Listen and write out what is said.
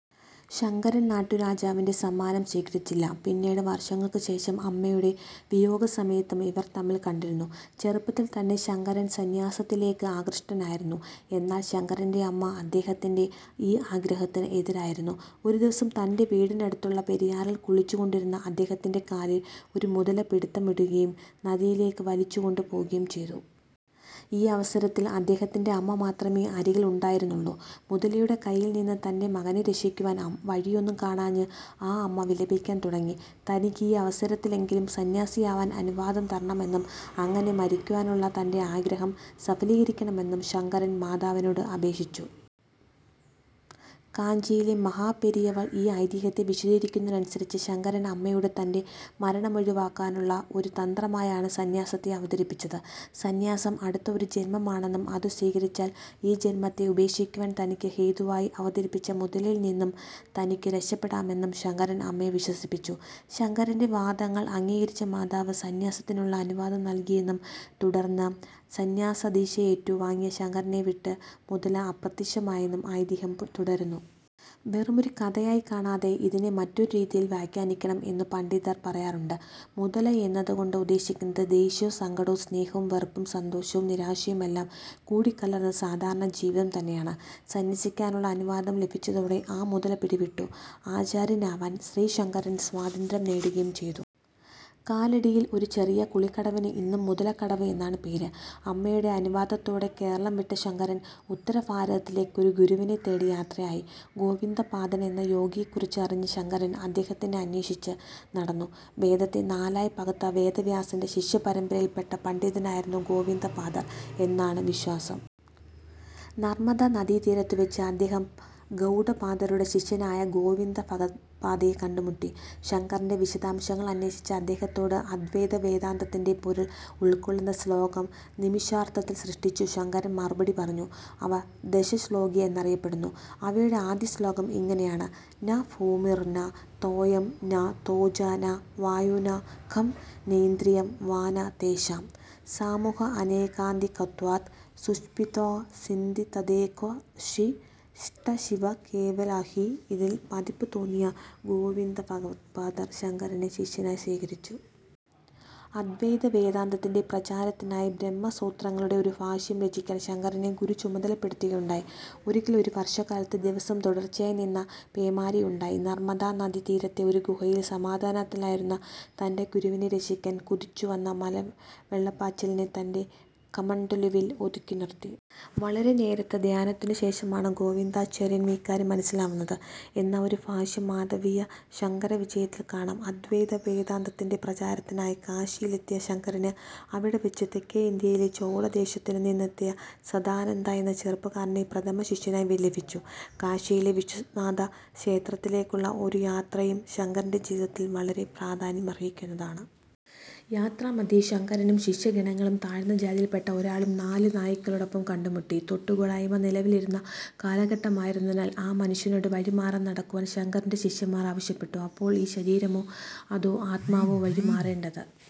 ശങ്കരൻ നാട്ടുരാജാവിന്റെ സമ്മാനം സ്വീകരിച്ചില്ല. പിന്നീട് വർഷങ്ങൾക്ക് ശേഷം അമ്മയുടെ വിയോഗസമയത്തും ഇവർ തമ്മിൽ കണ്ടിരുന്നു. ചെറുപ്പത്തിൽ തന്നെ ശങ്കരൻ സന്ന്യാസത്തിലേക്കു ആകൃഷ്ടനായിരുന്നു. എന്നാൽ ശങ്കരന്റെ അമ്മ അദ്ദേഹത്തിന്റെ ഈ ആഗ്രഹത്തിന് എതിരായിരുന്നു. ഒരു ദിവസം തന്റെ വീട്ടിനടുത്തുള്ള പെരിയാറിൽ കുളിച്ചു കൊണ്ടിരുന്ന അദ്ദേഹത്തിന്റെ കാലിൽ ഒരു മുതല പിടിത്തമിടുകയും നദിയിലേക്കു വലിച്ചു കൊണ്ടു പോകുകയും ചെയ്തു. ഈ അവസരത്തിൽ അദ്ദേഹത്തിന്റെ അമ്മ മാത്രമേ അരികിൽ ഉണ്ടായിരുന്നുള്ളൂ. മുതലയുടെ കയ്യിൽ നിന്നു തന്റെ മകനെ രക്ഷിക്കാൻ വഴിയൊന്നും കാണാഞ്ഞ് ആ അമ്മ വിലപിക്കാൻ തുടങ്ങി. തനിക്ക് ഈ അവസരത്തിലെങ്കിലും സന്ന്യാസിയാവാൻ അനുവാദം തരണമെന്നും അങ്ങനെ മരിക്കുവാനുള്ള തന്റെ ആഗ്രഹം സഫലീകരിക്കണമെന്നും ശങ്കരൻ മാതാവിനോട് അപേക്ഷിച്ചു. കാഞ്ചിയിലെ മഹാപെരിയവൾ ഈ ഐതിഹ്യത്തെ വിശദീകരിക്കുന്നതനുസരിച്ച്, ശങ്കരൻ അമ്മയോട് തന്റെ മരണമൊഴിവാക്കാനുള്ള ഒരു തന്ത്രമായാണ് സന്ന്യാസത്തെ അവതരിപ്പിച്ചത്. സന്ന്യാസം അടുത്ത ഒരു ജന്മമാണെന്നും അതു സ്വീകരിച്ചാൽ, ഈ ജന്മത്തെ ഉപേക്ഷിക്കുവാൻ തനിക്കു ഹേതുവായി അവതരിച്ച മുതലയിൽ നിന്നും തനിക്കു രക്ഷപ്പെടാമെന്നും ശങ്കരൻ അമ്മയെ വിശ്വസിപ്പിച്ചു. ശങ്കരന്റെ വാദങ്ങൾ അംഗീകരിച്ച മാതാവ് സന്ന്യാസത്തിനുള്ള അനുവാദം നൽകിയെന്നും തുടർന്ന് സന്ന്യാസദീക്ഷയേറ്റു വാങ്ങിയ ശങ്കരനെ വിട്ട് മുതല അപ്രത്യക്ഷമായെന്നും ഐതിഹ്യം തുടരുന്നു. വെറുമൊരു കഥയായി കാണാതെ ഇതിനെ മറ്റൊരു രീതിയിൽ വ്യാഖ്യാനിക്കണം എന്നും പണ്ഡിതർ പറയാറുണ്ട്. മുതല എന്നതു കൊണ്ട് ഉദ്ദേശിക്കുന്നത് ദേഷ്യവും സങ്കടവും സ്നേഹവും വെറുപ്പം സന്തോഷവും നിരാശയും എല്ലാം കൂടിക്കലർന്ന സാധാരണ ജീവിതം തന്നെയാണ്. സന്യസിക്കാനുള്ള അനുവാദം ലഭിച്ചതോടെ ആ 'മുതല' പിടിവിട്ടു. ആചാര്യനാവാൻ ശ്രീശങ്കരൻ സ്വാതന്ത്ര്യം നേടുകയും ചെയ്തു. കാലടിയിൽ ഒരു ചെറിയ കുളിക്കടവിന് ഇന്നും "മുതലക്കടവ്" എന്നാണ് പേര്. അമ്മയുടെ അനുവാദത്തോടെ കേരളം വിട്ട ശങ്കരൻ ഉത്തര ഭാരതത്തിലേക്ക് ഒരു ഗുരുവിനെ തേടി യാത്രയായി. ഗോവിന്ദപാദൻ എന്ന യോഗിയെക്കുറിച്ച് അറിഞ്ഞ ശങ്കരൻ അദ്ദേഹത്തെ അന്വേഷിച്ച് നടന്നു. വേദത്തെ നാലായി പകുത്ത വേദവ്യാസന്റെ ശിഷ്യ പരമ്പരയിൽപ്പെട്ട പണ്ഡിതനായിരുന്നു ഗോവിന്ദപാദർ എന്നാണ് വിശ്വാസം. നർമദാ നദീതീരത്തു വച്ച് അദ്ദേഹം ഗൗഡപാദരുടെ ശിഷ്യനായ ഗോവിന്ദഭഗവദ്പാദരെ കണ്ടു മുട്ടി. ശങ്കരന്റെ വിശദാംശങ്ങൾ അന്വേഷിച്ച അദ്ദേഹത്തോട്, അദ്വൈത വേദാന്തത്തിന്റെ പൊരുൾ ഉൾക്കൊള്ളുന്ന ശ്ലോകം നിമിഷാർദ്ധത്തിൽ സൃഷ്ടിച്ചു ശങ്കരൻ മറുപടി പറഞ്ഞു. അവ ദശശ്ലോകി എന്നറിയപ്പെടുന്നു. അവയിലെ ആദ്യ ശ്ലോകം ഇങ്ങനെയാണ്. ന ഭൂമിർന തോയം ന തേജോ ന വായുഃന ഖം നേന്ദ്രിയം വാ ന തേഷാം സമൂഹഃഅനേകാന്തികത്വാത് സുഷുപ്ത്യേകസിദ്ദഃതദേകോഽവശിഷ്ടഃ ശിവഃ കേവലോഽഹം ഇതിൽ മതിപ്പു തോന്നിയ ഗോവിന്ദഭഗവദ്പാദർ ശങ്കരനെ ശിഷ്യനായി സ്വീകരിച്ചു. അദ്വൈത വേദാന്തത്തിന്റെ പ്രചാരത്തിനായി ബ്രഹ്മസൂത്രങ്ങളുടെ ഒരു ഭാഷ്യം രചിക്കാൻ ശങ്കരനെ ഗുരു ചുമതലപ്പെടുത്തുകയുണ്ടായി. ഒരിക്കൽ ഒരു വർഷക്കാലത്ത് ദിവസം തുടർച്ചയായി നിന്ന പേമാരിയുണ്ടായി. നർമദാ നദീ തീരത്തെ ഒരു ഗുഹയിൽ സമാധിയിലായിരുന്ന തന്റെ ഗുരുവിനെ രക്ഷിക്കാൻ, കുതിച്ചു വന്ന മലവെള്ളപ്പാച്ചിലിനെ തന്റെ കമണ്ഡലുവിൽ ഒതുക്കി നിർത്തി. വളരെ നേരത്തെ ധ്യാനത്തിനു ശേഷമാണ് ഗോവിന്ദാചാര്യർ ഇക്കാര്യം മനസ്സിലാക്കുന്നത് എന്ന ഒരു ഭാഷ്യം മാധവീയ ശങ്കരവിജയത്തിൽ കാണാം. അദ്വൈത വേദാന്തത്തിന്റെ പ്രചാരത്തിനായി കാശിയിലെത്തിയ ശങ്കരന്, അവിടെ വച്ച് തെക്കേ ഇന്ത്യയിലെ ചോളദേശത്തിൽ നിന്നെത്തിയ സദാനന്ദ എന്ന ചെറുപ്പക്കാരനെ പ്രഥമ ശിഷ്യനായി ലഭിച്ചു. കാശിയിലെ വിശ്വനാഥ ക്ഷേത്രത്തിലേക്കുള്ള ഒരു യാത്രയും ശങ്കരന്റെ ജീവിതത്തിൽ വളരെ പ്രാധാന്യമർഹിക്കുന്നതാണ്. യാത്രാമധ്യേ, ശങ്കരനും ശിഷ്യഗണങ്ങളും താഴ്ന്ന ജാതിയിൽ പെട്ട ഒരാളെ നാലു നായ്ക്കളോടൊപ്പം കണ്ടു മുട്ടി. 'തൊട്ടു കൂടായ്മ' നിലവിലിരുന്ന കാലഘട്ടമായിരുന്നതിനാൽ, ആ മനുഷ്യനോട് വഴി മാറി നടക്കുവാൻ ശങ്കരന്റെ ശിഷ്യന്മാർ ആവശ്യപ്പെട്ടു. അപ്പോൾ, "ഈ ശരീരമോ അതോ ആത്മാവോ വഴി മാറേണ്ടത്"